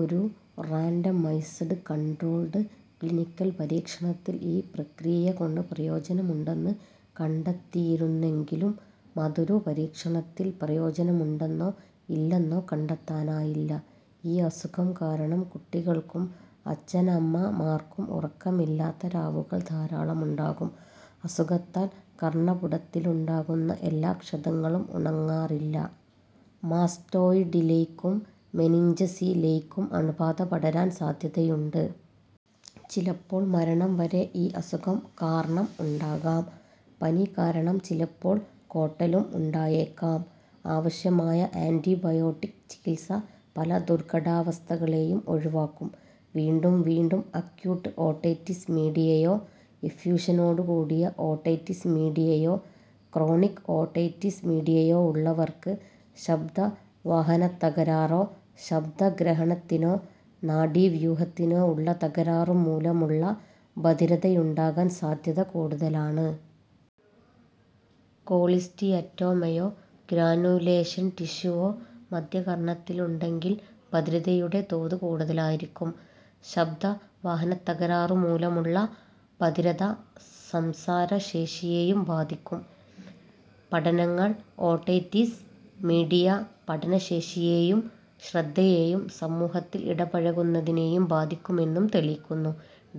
ഒരു randomised controlled clinical പരീക്ഷണത്തിൽ ഈ പ്രക്രീയ കൊണ്ട് പ്രയോജനമുണ്ടെന്ന് കണ്ടെത്തിയിരുന്നെങ്കിലും മതൊരു പരീക്ഷണത്തിൽ പ്രയോജനമുണ്ടെന്നോ ഇല്ലെന്നോ കണ്ടെത്താനായില്ല. ഈ അസുഖം കാരണം കുട്ടികൾക്കും അച്ഛനമ്മമാർക്കും ഉറക്കമില്ലാത്ത രാവുകൾ ധാരാളമുണ്ടാകും. അസുഖത്താൽ കർണ്ണപുടത്തിനുണ്ടാകുന്ന എല്ലാ ക്ഷതങ്ങളും ഉണങ്ങാറില്ല. മാസ്റ്റോയ്ഡിലേയ്ക്കും മെനിഞ്ചസിലേയ്ക്കും അണുബാധ പടരാൻ സാദ്ധ്യതയുണ്ട്. ചിലപ്പോൾ മരണം വരെ ഈ അസുഖം കാർണം ഉണ്ടാകാം. പനികാരണം ചിലപ്പോൾ കോട്ടലും ഉണ്ടായേക്കാം. അവശ്യമായ ആന്റിബയോട്ടിക് ചികിത്സ പല ദുർഘടാവസ്ഥകളെയും ഒഴിവാക്കും. വീണ്ടും വീണ്ടും അക്യൂട്ട് ഓട്ടൈറ്റിസ് മീഡിയയോ, എഫ്യൂഷനോടുകൂടിയ ഓട്ടൈറ്റിസ് മീഡിയയോ, ക്രോണിക് ഓട്ടൈറ്റിസ് മീഡിയയോ ഉള്ളവർക്ക് ശബ്ദവാഹനത്തകരാറോ, ശബ്ദഗ്രഹണത്തിനോ നാഡീവ്യൂഹത്തിനോ ഉള്ള തകരാറുമൂലമുള്ള ബധിരതയുണ്ടാകാൻ സാദ്ധ്യത കൂടുതലാണ്. കോളിസ്റ്റിയറ്റോമയോ ഗ്രാനുലേഷൻ ടിഷ്യൂവോ മദ്ധ്യകർണ്ണത്തിലുണ്ടെങ്കിൽ ബധിരതയുടെ തോത് കൂടുതലായിരിക്കും. ശബ്ദവാഹനത്തകരാറുമൂലമുള്ള ബധിരത സംസാരശേഷിയെയും ബാധിക്കും. പഠനങ്ങൾ ഓട്ടൈറ്റിസ് മീഡിയ പഠനശേഷിയെയും ശ്രദ്ധയെയും സമൂഹത്തിൽ ഇടപഴകുന്നതിനെയും ബാധിക്കുമെന്നും തെളിയിക്കുന്നു.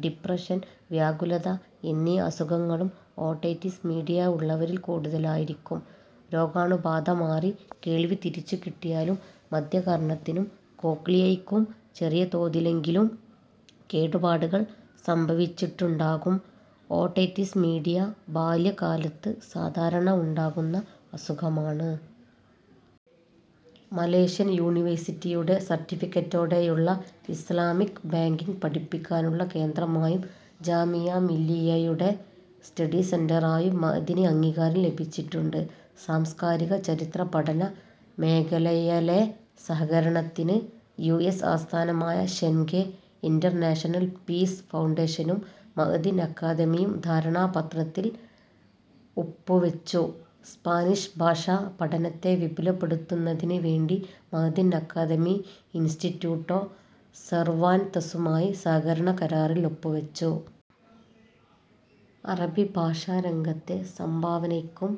ഡിപ്രഷൻ, വ്യാകുലത എന്നീ അസുഖങ്ങളും ഓട്ടൈറ്റിസ് മീഡിയ ഉള്ളവരിൽ കൂടുതലായിരിക്കും. രോഗാണുബാധ മാറി കേൾവി തിരിച്ചുകിട്ടിയാലും മദ്ധ്യകർണ്ണത്തിനും കോക്ലിയയ്ക്കും ചെറിയതൊതിലെങ്കിലും കേടുപാടുകൾ സംഭവിച്ചിട്ടുണ്ടാകും ഓട്ടൈറ്റിസ് മീഡിയ ബാല്യകാലത്ത് സാധാരണ ഉണ്ടാകുന്ന അസുഖമാണ്. മലേഷ്യൻ യൂണിവേഴ്സിറ്റിയുടെ സർട്ടിഫിക്കറ്റോടെയുള്ള ഇസ്ലാമിക്ക് ബാങ്കിങ് പഠിപ്പിക്കാനുള്ള കേന്ദ്രമായും ജാമിഅമില്ലിയ്യയുടെ സ്റ്റഡിസെന്ററായും മഅ്ദിന് അംഗീകാരം ലഭിച്ചിട്ടുണ്ട്. സാംസ്കാരിക-ചരിത്ര പഠന മേഖലയലെ സഹകരണത്തിന് യുഎസ് ആസ്ഥാനമായ ഷെൻഗെ ഇന്റർനാഷണൽ പീസ് ഫൗണ്ടേഷനും മഅ്ദിൻ അക്കാദമിയും ധാരണാപത്രത്തിൽ ഒപ്പ് വെച്ചു. സ്പാനിഷ് ഭാഷാ പഠനത്തെ വിപുലപ്പെടുത്തുന്നതിന് വേണ്ടി മഅ്ദിൻ അക്കാദമി ഇൻസ്റ്റിറ്റ്യൂട്ടോ സെർവാൻതസുമായി സഹകരണ കരാറിൽ ഒപ്പുവെച്ചു. അറബി ഭാഷാ രംഗത്തെ സംഭാവനക്കും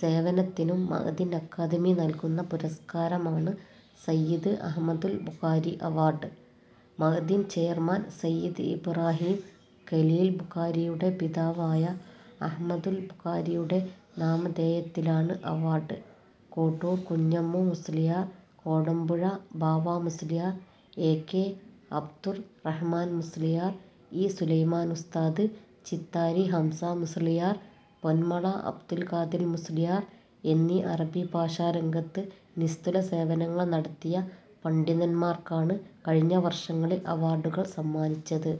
സേവനത്തിനും മഅ്ദിൻ അക്കാദമി നൽകുന്ന പുരസ്കാരമാണ് സയ്യിദ് അഹമദുൽ ബുഖാരി അവാർഡ്. മഅ്ദിൻ ചെയർമാൻ സയ്യിദ് ഇബ്റാഹീം ഖലീൽ ബുഖാരിയുടെ പിതാവായ അഹ്മദുൽ ബുഖാരിയുടെ നാമധേയത്തിലാണ് award. Kottoor Kunhammu Musliyar, Kodampuzha Bava Musliyar, A K Abdurrahman Musliyar, E Sulaiman Usthad, Chithari Hamza Musliyar, Ponmala Abdul Khadir Musliyar എന്നീ അറബി ഭാഷാ രംഗത്ത് നിസ്തുല സേവനങ്ങൾ നടത്തിയ പണ്ഡിതന്മാർക്കാണ് കഴിഞ്ഞ വർഷങ്ങളിൽ അവാർഡുകൾ സമ്മാനിച്ചത്.